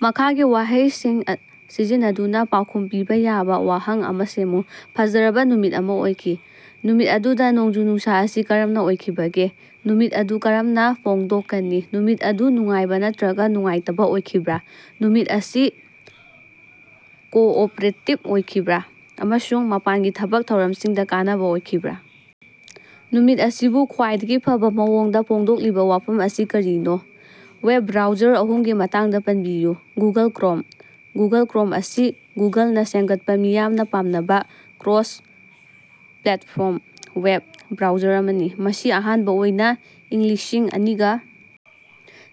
ꯃꯈꯥꯒꯤ ꯋꯥꯍꯩ ꯑꯁꯤ ꯁꯤꯖꯤꯟꯅꯗꯨꯅ ꯄꯥꯎꯈꯨꯝ ꯄꯤꯕ ꯌꯥꯕ ꯋꯥꯍꯪ ꯑꯃ ꯁꯦꯝꯃꯨ꯫ "ꯐꯖꯔꯕ ꯅꯨꯃꯤꯠ ꯑꯃ ꯑꯣꯏꯈꯤ"꯫ ꯅꯨꯃꯤꯠ ꯑꯗꯨꯗ ꯅꯣꯡꯖꯨ-ꯅꯨꯡꯁꯥ ꯑꯁꯤ ꯀꯔꯝꯅ ꯑꯣꯏꯈꯤꯕꯒꯦ? ꯅꯨꯃꯤꯠ ꯑꯗꯨ ꯀꯔꯝꯅ ꯐꯣꯡꯗꯣꯛꯀꯅꯤ? ꯅꯨꯃꯤꯠ ꯑꯗꯨ ꯅꯨꯡꯉꯥꯏꯕ ꯅꯠꯇ꯭ꯔꯒ ꯅꯨꯡꯉꯥꯏꯇꯕ ꯑꯣꯏꯈꯤꯕ꯭ꯔꯥ? ꯅꯨꯃꯤꯠ ꯑꯁꯤ ꯀꯣꯑꯣꯄꯔꯦꯇꯤꯚ ꯑꯣꯏꯈꯤꯕ꯭ꯔꯥ ꯑꯃꯁꯨꯡ ꯃꯄꯥꯟꯒꯤ ꯊꯕꯛ ꯊꯧꯔꯝꯁꯤꯡꯗ ꯀꯥꯟꯅꯕ ꯑꯣꯏꯈꯤꯕ꯭ꯔꯥ? ꯅꯨꯃꯤꯠ ꯑꯁꯤꯕꯨ ꯈ꯭ꯋꯥꯏꯗꯒꯤ ꯐꯕ ꯃꯑꯣꯡꯗ ꯐꯣꯡꯗꯣꯛꯂꯤꯕ ꯋꯥꯐꯝ ꯑꯁꯤ ꯀꯔꯤꯅꯣ? ꯋꯦꯕ ꯕ꯭ꯔꯥꯎꯖꯔ ꯑꯍꯨꯝꯒꯤ ꯃꯇꯥꯡꯗ ꯄꯟꯕꯤꯌꯨ꯫ ꯒꯨꯒꯜ ꯀ꯭ꯔꯣꯝ: ꯒꯨꯒꯜ ꯀ꯭ꯔꯣꯝ ꯑꯁꯤ ꯒꯨꯒꯜꯅ ꯁꯦꯝꯒꯠꯄ ꯃꯤꯌꯥꯝꯅ ꯄꯥꯝꯅꯕ ꯀ꯭ꯔꯣꯁ-ꯄ꯭ꯂꯦꯠꯐꯣꯝ ꯋꯦꯕ ꯕ꯭ꯔꯥꯎꯖꯔ ꯑꯃꯅꯤ꯫ ꯃꯁꯤ ꯑꯍꯥꯟꯕ ꯑꯣꯏꯅ ꯏꯪ ꯂꯤꯁꯤꯡ ꯑꯅꯤꯒ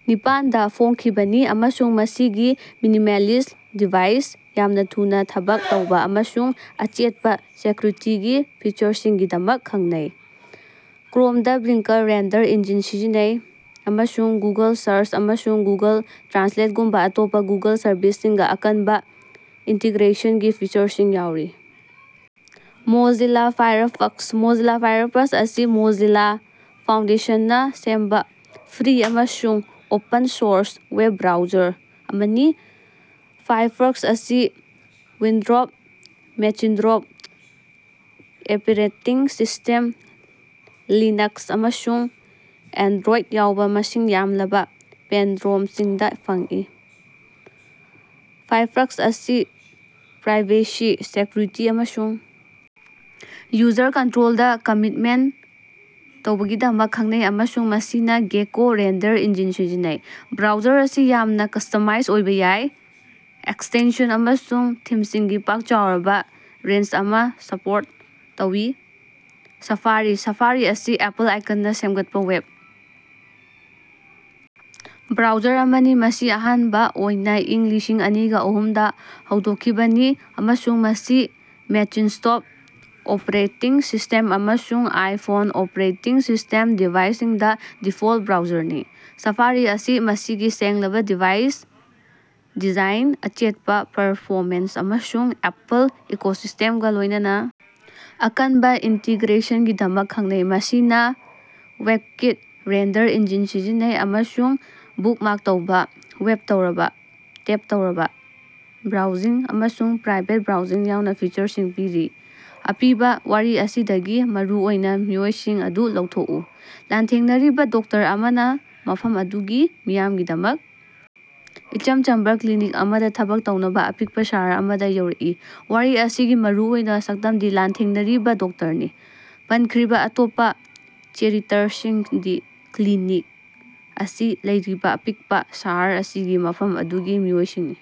ꯅꯤꯄꯥꯟꯗ ꯐꯣꯡꯈꯤꯕꯅꯤ ꯑꯃꯁꯨꯡ ꯃꯁꯤꯒꯤ ꯃꯤꯅꯤꯃꯦꯜꯂꯤꯁꯠ ꯗꯤꯚꯥꯏ, ꯌꯥꯝꯅ ꯊꯨꯅ ꯊꯕꯛ ꯇꯧꯕ ꯑꯃꯁꯨꯡ ꯑꯆꯦꯠꯄ ꯁꯦꯀ꯭ꯌꯨꯔꯤꯇꯤꯒꯤ ꯐꯤꯆꯔꯁꯤꯡꯒꯤꯗꯃꯛ ꯈꯪꯅꯩ꯫ ꯀ꯭ꯔꯣꯝꯅ ꯕ꯭ꯂꯤꯡꯀ ꯔꯦꯟꯗꯔ ꯏꯟꯖꯤꯟ ꯁꯤꯖꯤꯟꯅꯩ ꯑꯃꯁꯨꯡ ꯒꯨꯒꯜ ꯁꯔꯆ ꯑꯃꯁꯨꯡ ꯒꯨꯒꯜ ꯇ꯭ꯔꯥꯟꯁꯂꯦꯠꯒꯨꯝꯕ ꯑꯇꯣꯞꯄ ꯒꯨꯒꯜ ꯁꯔꯚꯤꯁꯁꯤꯡꯒ ꯑꯀꯟꯕ ꯏꯟꯇꯤꯒ꯭ꯔꯦꯁꯟꯒꯤ ꯐꯤꯆꯔꯁꯤꯡ ꯌꯥꯎꯔꯤ꯫ ꯃꯣꯖꯤꯂꯥ ꯐꯥꯏꯔꯐꯛꯁ: ꯃꯣꯖꯤꯂꯥ ꯐꯥꯏꯔꯐꯛꯁ ꯑꯁꯤ ꯃꯣꯖꯤꯂꯥ ꯐꯥꯎꯟꯗꯦꯁꯟꯅ ꯁꯦꯝꯕ ꯐ꯭ꯔꯤ ꯑꯃꯁꯨꯡ ꯑꯣꯄꯟ-ꯁꯣꯔꯁ ꯋꯦꯕ ꯕ꯭ꯔꯥꯎꯖꯔ ꯑꯃꯅꯤ꯫ ꯐꯥꯏꯔꯐꯛꯁ ꯑꯁꯤ Windows, Macintosh operating system, Linux ꯑꯃꯁꯨꯡ ꯑꯦꯟꯗ꯭ꯔꯣꯏꯗ ꯌꯥꯎꯅ ꯃꯁꯤꯡ ꯌꯥꯝꯂꯕ ꯄ꯭ꯂꯦꯠꯐꯣꯝꯁꯤꯡꯗ ꯐꯪꯏ꯫ ꯐꯥꯏꯔꯐꯛꯁ ꯑꯁꯤ ꯄ꯭ꯔꯥꯏꯚꯦꯁꯤ, ꯁꯦꯀ꯭ꯌꯨꯔꯤꯇꯤ ꯑꯃꯁꯨꯡ ꯌꯨꯖꯔ ꯀꯟꯇ꯭ꯔꯣꯜꯗ ꯀꯝꯃꯤꯠꯃꯦꯟ ꯇꯧꯕꯒꯤꯗꯃꯛ ꯈꯪꯅꯩ ꯑꯃꯁꯨꯡ ꯃꯁꯤꯅ ꯒꯦꯀꯣ ꯔꯦꯟꯗꯔ ꯏꯟꯖꯤꯟ ꯁꯤꯖꯤꯟꯅꯩ꯫ ꯕ꯭ꯔꯥꯎꯖꯔ ꯑꯁꯤ ꯌꯥꯝꯅ ꯀꯁꯇꯃꯥꯏꯁ ꯑꯣꯏꯕ ꯌꯥꯏ꯫ ꯑꯦꯛꯁꯇꯦꯟꯁꯟ ꯑꯃꯁꯨꯡ ꯊꯤꯝꯁꯤꯡꯒꯤ ꯄꯥꯛ ꯆꯥꯎꯔꯕ ꯔꯦꯟꯖ ꯑꯃ ꯁꯄꯣꯔꯠ ꯇꯧꯏ꯫ ꯁꯥꯐꯥꯔꯤ: ꯁꯥꯐꯥꯔꯤ ꯑꯁꯤ ꯑꯦꯄꯜ ꯏꯟꯀꯅ ꯁꯦꯝꯒꯠꯄ ꯋꯦꯕ ꯕ꯭ꯔꯥꯎꯖꯔ ꯑꯃꯅꯤ꯫ ꯃꯁꯤ ꯑꯍꯥꯟꯕ ꯑꯣꯏꯅ ꯏꯪ ꯂꯤꯁꯤꯡ ꯑꯅꯤꯒ ꯑꯍꯨꯝꯗ ꯍꯧꯗꯣꯛꯈꯤꯕꯅꯤ ꯑꯃꯁꯨꯡ ꯃꯁꯤ ꯃꯦꯆꯤꯟꯇꯣꯁ ꯑꯣꯄꯦꯔꯦꯇꯤꯡ ꯁꯤꯁꯇꯦꯝ ꯑꯃꯁꯨꯡ ꯑꯥꯏꯐꯣꯟ ꯑꯣꯄꯦꯔꯦꯇꯤꯡ ꯁꯤꯁꯇꯦꯝ ꯗꯤꯚꯥꯏꯁꯁꯤꯡꯗ ꯗꯤꯐꯣꯜ ꯕ꯭ꯔꯥꯎꯖꯔꯅꯤ꯫ ꯁꯐꯥꯔꯤ ꯑꯁꯤ ꯃꯁꯤꯒꯤ ꯁꯦꯡꯂꯕ ꯗꯤꯚꯥꯏ ꯗꯤꯖꯥꯏꯟ, ꯑꯆꯦꯠꯄ ꯄꯔꯐꯣꯃꯦꯟꯁ ꯑꯃꯁꯨꯡ ꯑꯦꯄꯜ ꯏꯀꯣꯁꯤꯁꯇꯦꯝꯒ ꯂꯣꯏꯅꯅ ꯑꯀꯟꯕ ꯏꯟꯇꯤꯒ꯭ꯔꯦꯁꯟꯒꯤꯗꯃꯛ ꯈꯪꯅꯩ꯫ ꯃꯁꯤꯅ ꯋꯦꯕꯀꯤꯠ ꯔꯦꯟꯗꯔ ꯏꯟꯖꯤꯟ ꯁꯤꯖꯤꯟꯅꯩ ꯑꯃꯁꯨꯡ ꯕꯨꯛꯃꯥꯔꯛ ꯇꯧꯕ, ꯋꯦꯕ ꯇꯧꯔꯕ ꯇꯦꯕ ꯇꯧꯔꯕ ꯕ꯭ꯔꯥꯎꯖꯤꯡ ꯑꯃꯁꯨꯡ ꯄ꯭ꯔꯥꯏꯚꯦꯠ ꯕ꯭ꯔꯥꯎꯖꯤꯡ ꯌꯥꯎꯅ ꯐꯤꯆꯔꯁꯤꯡ ꯄꯤꯔꯤ꯫ ꯑꯄꯤꯕ ꯋꯥꯔꯤ ꯑꯁꯤꯗꯒꯤ ꯃꯔꯨꯑꯣꯏꯕ ꯃꯤꯑꯣꯏꯁꯤꯡ ꯑꯗꯨ ꯂꯧꯊꯣꯛꯎ꯫ ꯂꯥꯟꯊꯦꯡꯅꯔꯤꯕ ꯗꯣꯛꯇꯔ ꯑꯃꯅ ꯃꯐꯝ ꯑꯗꯨꯒꯤ ꯃꯤꯌꯥꯝꯒꯤꯗꯃꯛ ꯏꯆꯝ ꯆꯝꯕ ꯀ꯭ꯂꯤꯅꯤꯛ ꯑꯃꯗ ꯊꯕꯛ ꯇꯧꯅꯕ ꯑꯄꯤꯛꯄ ꯁꯍꯔ ꯑꯃꯗ ꯌꯧꯔꯛꯏ꯫ ꯋꯥꯔꯤ ꯑꯁꯤꯒꯤ ꯃꯔꯨꯑꯣꯏꯅ ꯁꯛꯇꯝꯗꯤ ꯂꯥꯟꯊꯦꯡꯅꯔꯤꯕ ꯗꯣꯛꯇꯔꯅꯤ꯫ ꯄꯟꯈ꯭ꯔꯤꯕ ꯑꯇꯣꯞꯄ ꯆꯦꯔꯤꯇꯔꯁꯤꯡꯗꯤ ꯀ꯭ꯂꯤꯅꯤꯛ ꯑꯁꯤ ꯂꯩꯔꯤꯕ ꯑꯄꯤꯛꯄ ꯁꯍꯔ ꯑꯁꯤꯒꯤ ꯃꯐꯝ ꯑꯗꯨꯒꯤ ꯃꯤꯑꯣꯏꯁꯤꯡꯅꯤ꯫